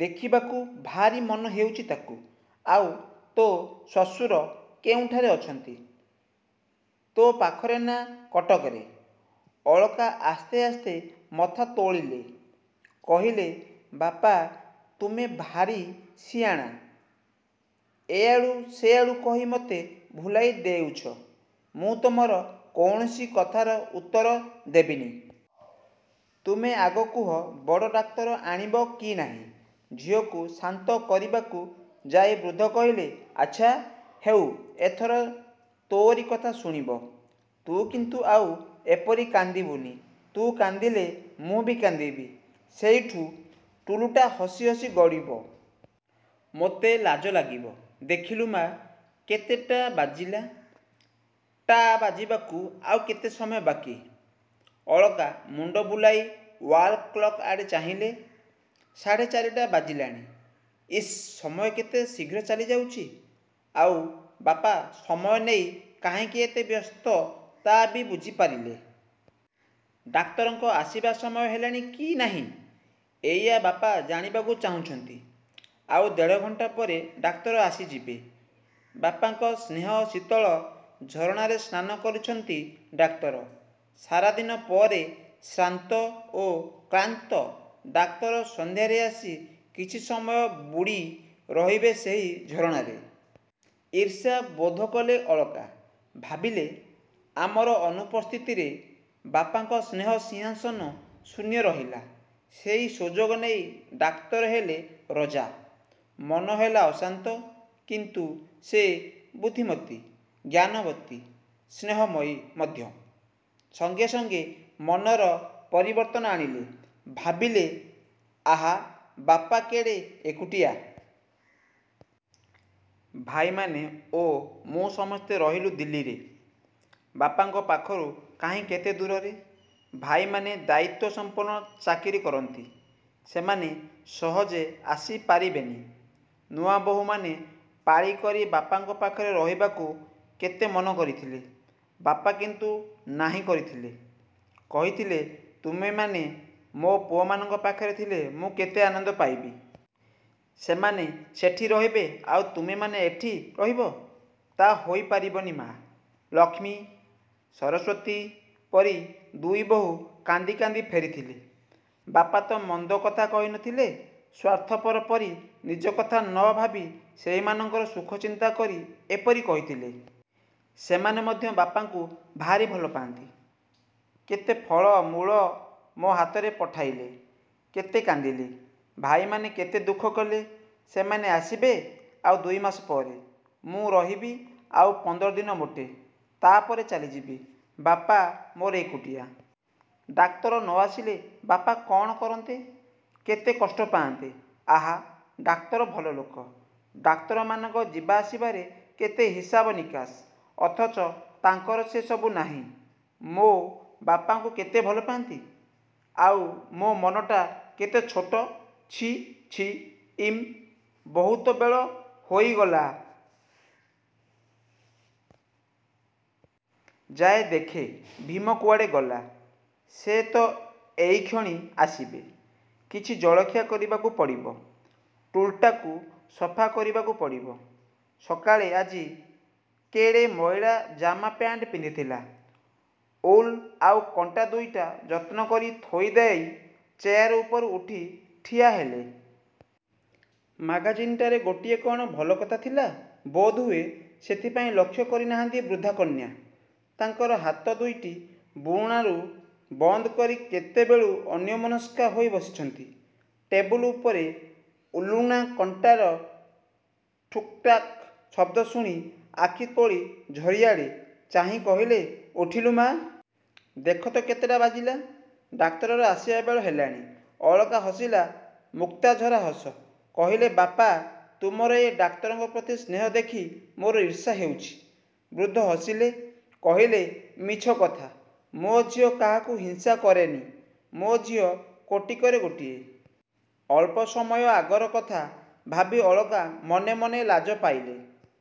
ଦେଖିବାକୁ ଭାରି ମନହେଉଛି ତାକୁ। ଆଉ ତୋ ଶ୍ୱଶୁର-କେଉଁଠାରେ ଅଛନ୍ତି, ତୋ ପାଖରେ ନା କଟକରେ? ଅଳକା ଆସ୍ତେ ଆସ୍ତେ ମଥା ତୋଳିଲେ। କହିଲେ ବାପା ତୁମେ ଭାରି ସିଆଣା। ଏଆଡ଼ୁ ସେଆଡ଼ୁ କହି ମୋତେ ଭୁଲାଇ ଦେଉଛ। ମୁଁ ତୁମର କୌଣସି କଥାର ଉତ୍ତର ଦେବିନି। ତୁମେ ଆଗ କୁହ ବଡ଼ ଡାକ୍ତର ଆଣିବ କି ନାହିଁ? ଝିଅକୁ ଶାନ୍ତ କରିବାକୁ ଯାଇ ବୃଦ୍ଧ କହିଲେ, ଆଛା ହେଉ ଏଥର ତୋରି କଥା ଶୁଣିବ। ତୁ କିନ୍ତୁ ଆଉ ଏପରି କାନ୍ଦିବୁନି। ତୁ କାନ୍ଦିଲେ ମୁଁ ବି କାନ୍ଦିବି। ସେଉଠୁ ଟୁଲୁଟା ହସି ହସି ଗଡ଼ିବ। ମୋତେ ଲାଜ ଲାଗିବ। ଦେଖିଲୁ ମା' କେତେଟା ବାଜିଲା, ଟା ବାଜିବାକୁ ଆଉ କେତେ ସମୟ ବାକି। ଅଳକା ମୁଣ୍ଡ ବୁଲାଇ ଓ୍ୱାଲ କ୍ଲକ ଆଡ଼େ ଚାହିଁଲେ। ସାଢ଼େ ଚାରିଟା ବାଜିଲାଣି। ଇସ୍ ସମୟ କେତେ ଶୀଘ୍ର ଚାଲିଯାଉଛି। ଆଉ ବାପା ସମୟ ନେଇ କାହିଁକି ଏତେ ବ୍ୟସ୍ତ ତା ବି ବୁଝିପାରିଲେ। ଡାକ୍ତରଙ୍କ ଆସିବା ସମୟ ହେଲାଣି କି ନାହିଁ ଏଇଆ ବାପା ଜାଣିବାକୁ ଚାହୁଁଛନ୍ତି। ଆଉ ଦେଢ଼ ଘଣ୍ଟା ପରେ ଡାକ୍ତର ଆସିଯିବେ। ବାପାଙ୍କ ସ୍ନେହ ଶୀତଳ ଝରଣାରେ ସ୍ନାନ କରିଛନ୍ତି ଡାକ୍ତର। ସାରାଦିନ ପରେ ଶ୍ରାନ୍ତ ଓ କ୍ଳାନ୍ତ ଡାକ୍ତର ସଂଧ୍ୟାରେ ଆସି କିଛି ସମୟ ବୁଡ଼ି ରହିବେ ସେହି ଝରଣାରେ। ଈର୍ଷା ବୋଧକଲେ ଅଳକା। ଭାବିଲେ ଆମର ଅନୁପସ୍ଥିତିରେ ବାପାଙ୍କ ସ୍ନେହ ସିଂହାସନ ଶୂନ୍ୟ ରହିଲା। ସେଇ ସୁଯୋଗ ନେଇ ଡାକ୍ତର ହେଲେ ରଜା। ମନ ହେଲା ଅଶାନ୍ତ। କିନ୍ତୁ ସେ ବୁଦ୍ଧିମତୀ, ଜ୍ଞାନବତୀ, ସ୍ନେହମୟୀ ମଧ୍ୟ। ସଙ୍ଗେ ସଙ୍ଗେ ମନର ପରିବର୍ତ୍ତନ ଆଣିଲେ। ଭାବିଲେ ଆହା ବାପା କେଡ଼େ ଏକୁଟିଆ। ଭାଇମାନେ ଓ ମୁଁ ସମସ୍ତେ ରହିଲୁ ଦିଲ୍ଲୀରେ-। ବାପାଙ୍କ ପାଖରୁ କାହିଁ କେତେ ଦୂରରେ। ଭାଇମାନେ ଦାୟୀତ୍ୱସମ୍ପନ୍ନ ଚାକିରି କରନ୍ତି-। ସେମାନେ ସହଜେ ଆସିପାରିବେନି। ନୂଆବୋହୂମାନେ ପାଳିକରି ବାପାଙ୍କ ପାଖରେ ରହିବାକୁ କେତେ ମନ କରିଥିଲେ। ବାପା କିନ୍ତୁ ନାହିଁ କରିଥିଲେ, କହିଥିଲେ ତୁମେମାନେ ମୋ ପୁଅମାନଙ୍କ ପାଖରେ ଥିଲେ ମୁଁ କେତେ ଆନନ୍ଦ ପାଇବି। ସେମାନେ ସେଠି ରହିବେ ଆଉ ତୁମେମାନେ ଏଠି ରହିବ, ତା' ହୋଇପାରିବନି ମା'। ଲକ୍ଷ୍ମୀ, ସରସ୍ୱତୀ ପରି ଦୁଇବୋହୂ କାନ୍ଦି କାନ୍ଦି ଫେରିଥିଲେ। ବାପାତ ମନ୍ଦ କଥା କହିନଥିଲେ। ସ୍ୱାର୍ଥପର ପରି ନିଜ କଥା ନ ଭାବି ସେଇମାନଙ୍କର ସୁଖ ଚିନ୍ତା କରି ଏପରି କହିଥିଲେ। ସେମାନେ ମଧ୍ୟ ବାପାଙ୍କୁ ଭାରି ଭଲପା'ନ୍ତି। କେତେ ଫଳ ମୂଳ ମୋ ହାତରେ ପଠାଇଲେ, କେତେ କାନ୍ଦିଲେ। ଭାଇମାନେ କେତେ ଦୁଃଖ କଲେ। ସେମାନେ ଆସିବେ ଆଉ ଦୁଇମାସ ପରେ। ମୁଁ ରହିବି ଆଉ ପନ୍ଦର ଦିନ ମୋଟେ। ତାପରେ ଚାଲିଯିବି। ବାପା ମୋର ଏକୁଟିଆ। ଡାକ୍ତର ନ ଆସିଲେ ବାପା କ'ଣ କରନ୍ତେ,। କେତେ କଷ୍ଟ ପାଆନ୍ତେ। ଆହା ଡାକ୍ତର ଭଲ ଲୋକ। ଡାକ୍ତରମାନଙ୍କ ଯିବା ଆସିବାରେ କେତେ ହିସାବ ନିକାଶ। ଅଥଚ ତାଙ୍କର ସେ ସବୁ ନାହିଁ। ମୋ ବାପାଙ୍କୁ କେତେ ଭଲପାନ୍ତି। ଆଉ ମୋ ମନଟା କେତେ ଛୋଟ ଛି, ଛି ଇମ୍, ବହୁତ ବେଳ ହୋଇଗଲା। ଯାଏ ଦେଖେ ଭୀମ କୁଆଡ଼େ ଗଲା। ସେ ତ ଏଇକ୍ଷଣି ଆସିବେ-। କିଛି ଜଳଖିଆ କରିବାକୁ ପଡ଼ିବ। ଟୁଲ୍ଟାକୁ ସଫା କରିବାକୁ ପଡ଼ିବ। ସକାଳେ ଆଜି କେଡ଼େ ମଇଳା ଜାମା ପ୍ୟାଣ୍ଟ ପିନ୍ଧିଥିଲା। ଉଲ୍ ଆଉ କଣ୍ଟା ଦୁଇଟା ଯତ୍ନ କରି ଥୋଇଦେଇ ଚେୟାର ଉପରୁ ଉଠି ଠିଆହେଲେ। ମାଗାଜିନଟାରେ ଗୋଟିଏ କ'ଣ ଭଲ କଥା ଥିଲା ବୋଧହୁଏ, ସେଥିପାଇଁ ଲକ୍ଷ୍ୟ କରିନାହାନ୍ତି ବୃଦ୍ଧା କନ୍ୟା ତାଙ୍କର ହାତ ଦୁଇଟି ବୁଣାରୁ ବନ୍ଦ କରି କେତେବେଳୁ ଅନ୍ୟମନସ୍କା ହୋଇ ବସିଛନ୍ତି। ଟେବୁଲ୍ ଉପରେ ଉଲ୍ବୁଣା କଣ୍ଟାର ଠୁକ୍ଠାକ ଶବ୍ଦ ଶୁଣି ଆଖି ତୋଳି ଝିଅଆଡ଼େ ଚାହିଁ କହିଲେ-ଉଠିଲୁ ମା'? ଦେଖତ କେତେଟା ବାଜିଲା। ଡାକ୍ତରର ଆସିବା ବେଳ ହେଲାଣି। ଅଳକା ହସିଲା ମୁକ୍ତାଝରା ହସ। କହିଲେ-ବାପା ତୁମର ଏ ଡାକ୍ତରଙ୍କ ପ୍ରତି ସ୍ନେହ ଦେଖି ମୋର ଈର୍ଷାହେଉଛି। ବୃଦ୍ଧ ହସିଲେ, କହିଲେ-ମିଛ କଥା, ମୋ ଝିଅ କାହାକୁ ହିଂସା କରେନି। ମୋ ଝିଅ କୋଟିକରେ ଗୋଟିଏ। ଅଳ୍ପ ସମୟ ଆଗର କଥା ଭାବି ଅଳକା ମନେ ମନେ ଲାଜ ପାଇଲେ।